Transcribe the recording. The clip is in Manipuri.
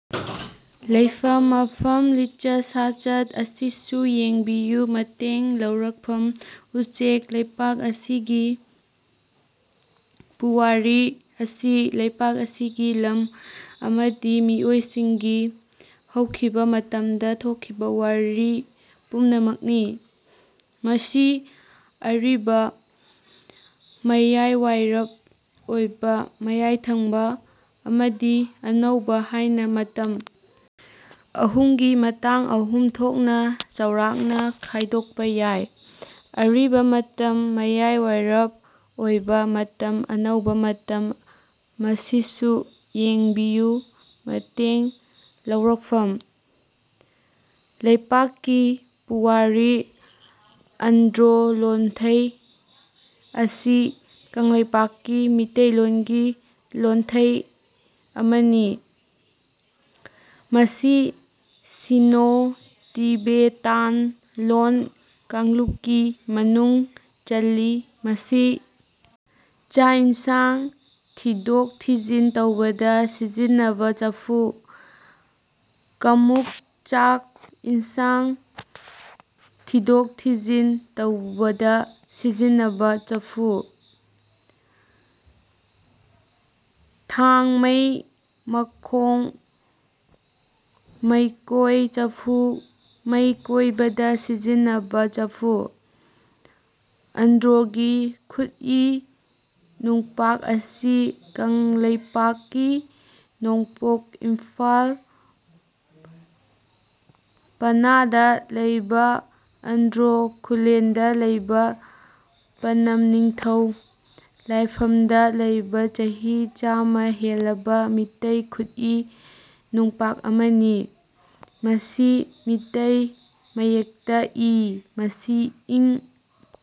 ꯂꯩꯐꯝ ꯃꯐꯝ ꯂꯤꯆꯠ ꯁꯥꯆꯠ ꯑꯁꯤꯁꯨ ꯌꯦꯡꯕꯤꯌꯨ ꯃꯇꯦꯡ ꯂꯧꯔꯛꯐꯝ ꯎꯆꯦꯛ ꯂꯩꯄꯥꯛ ꯑꯁꯤꯒꯤ ꯄꯨꯋꯥꯔꯤ ꯑꯁꯤ ꯂꯩꯄꯥꯛ ꯑꯁꯤꯒꯤ ꯂꯝ ꯑꯃꯗꯤ ꯃꯤꯑꯣꯢꯁꯤꯡꯒꯤ ꯍꯧꯈꯤꯕ ꯃꯇꯝꯗ ꯊꯣꯛꯈꯤꯕ ꯋꯥꯔꯤ ꯄꯨꯝꯅꯃꯛꯅꯤ꯫ ꯃꯁꯤ ꯑꯔꯤꯕ, ꯃꯌꯥꯢꯋꯥꯢꯔꯞ ꯑꯣꯢꯕ (ꯃꯌꯥꯢ ꯊꯪꯕ) ꯑꯃꯗꯤ ꯑꯅꯧꯕ ꯍꯥꯢꯅ ꯃꯇꯝ ꯑꯍꯨꯝꯒꯤ ꯃꯇꯥꯡ ꯑꯍꯨꯝ ꯊꯣꯛꯅ ꯆꯥꯎꯔꯥꯛꯅ ꯈꯥꯢꯗꯣꯛꯄ ꯌꯥꯢ꯫ ꯑꯔꯤꯕ ꯃꯇꯝ ꯃꯌꯥꯢꯋꯥꯢꯔꯞ ꯑꯣꯢꯕ ꯃꯇꯝ ꯑꯅꯧꯕ ꯃꯇꯝ ꯃꯁꯤꯁꯨ ꯌꯦꯡꯕꯤꯌꯨ ꯃꯇꯦꯡ ꯂꯧꯔꯛꯐꯝ:ꯂꯩꯄꯥꯛꯀꯤ ꯄꯨꯋꯥꯔꯤ ꯑꯟꯗ꯭ꯔꯣ ꯂꯣꯟꯊꯩ ꯑꯁꯤ ꯀꯪꯂꯩꯄꯥꯛꯀꯤ ꯃꯤꯇꯩꯂꯣꯟꯒꯤ ꯂꯣꯟꯊꯩ ꯑꯃꯅꯤ꯫ ꯃꯁꯤ ꯁꯤꯅꯣ-ꯇꯤꯕꯦꯇꯥꯟ ꯂꯣꯟ ꯀꯥꯡꯂꯨꯞꯀꯤ ꯃꯅꯨꯡ ꯆꯜꯂꯤ꯫ ꯃꯁꯤ ꯆꯥꯛ ꯏꯟꯁꯥꯡ ꯊꯤꯗꯣꯛ-ꯊꯤꯖꯤꯟ ꯇꯧꯕꯗ ꯁꯤꯖꯤꯟꯅꯕ ꯆꯐꯨ, ꯀꯃꯨꯛ ꯆꯥꯛ ꯏꯟꯁꯥꯡ ꯊꯤꯗꯣꯛ-ꯊꯤꯖꯤꯟ ꯇꯧꯕꯗ ꯁꯤꯖꯤꯟꯅꯕ ꯆꯐꯨ, ꯊꯥꯡꯃꯩ ꯃꯈꯣꯡ, ꯃꯩꯀꯣꯢ ꯆꯐꯨ ꯃꯩ ꯀꯣꯢꯕꯗ ꯁꯤꯖꯤꯟꯅꯕ ꯆꯐꯨ꯫ ꯑꯟꯗ꯭ꯔꯣꯒꯤ ꯈꯨꯠꯏ ꯅꯨꯡꯄꯥꯛ ꯑꯁꯤ ꯀꯪꯂꯩꯄꯥꯛ ꯀꯤ ꯅꯣꯡꯄꯣꯛ ꯏꯝꯐꯥꯜ ꯄꯅꯥꯗ ꯂꯩꯕ ꯑꯟꯗ꯭ꯔꯣ ꯈꯨꯜꯂꯦꯟꯗ ꯂꯩꯕ ꯄꯅꯝ ꯅꯤꯡꯊꯧ ꯂꯥꯢꯐꯝꯗ ꯂꯩꯕ ꯆꯍꯤ ꯆꯥꯃ ꯍꯦꯜꯂꯕ ꯃꯤꯇꯩ ꯈꯨꯠꯏ ꯅꯨꯡꯄꯥꯛ ꯑꯃꯅꯤ꯫ ꯃꯁꯤ ꯃꯤꯇꯩ ꯃꯌꯦꯛꯇ ꯏ꯫ ꯃꯁꯤ ꯏꯪ.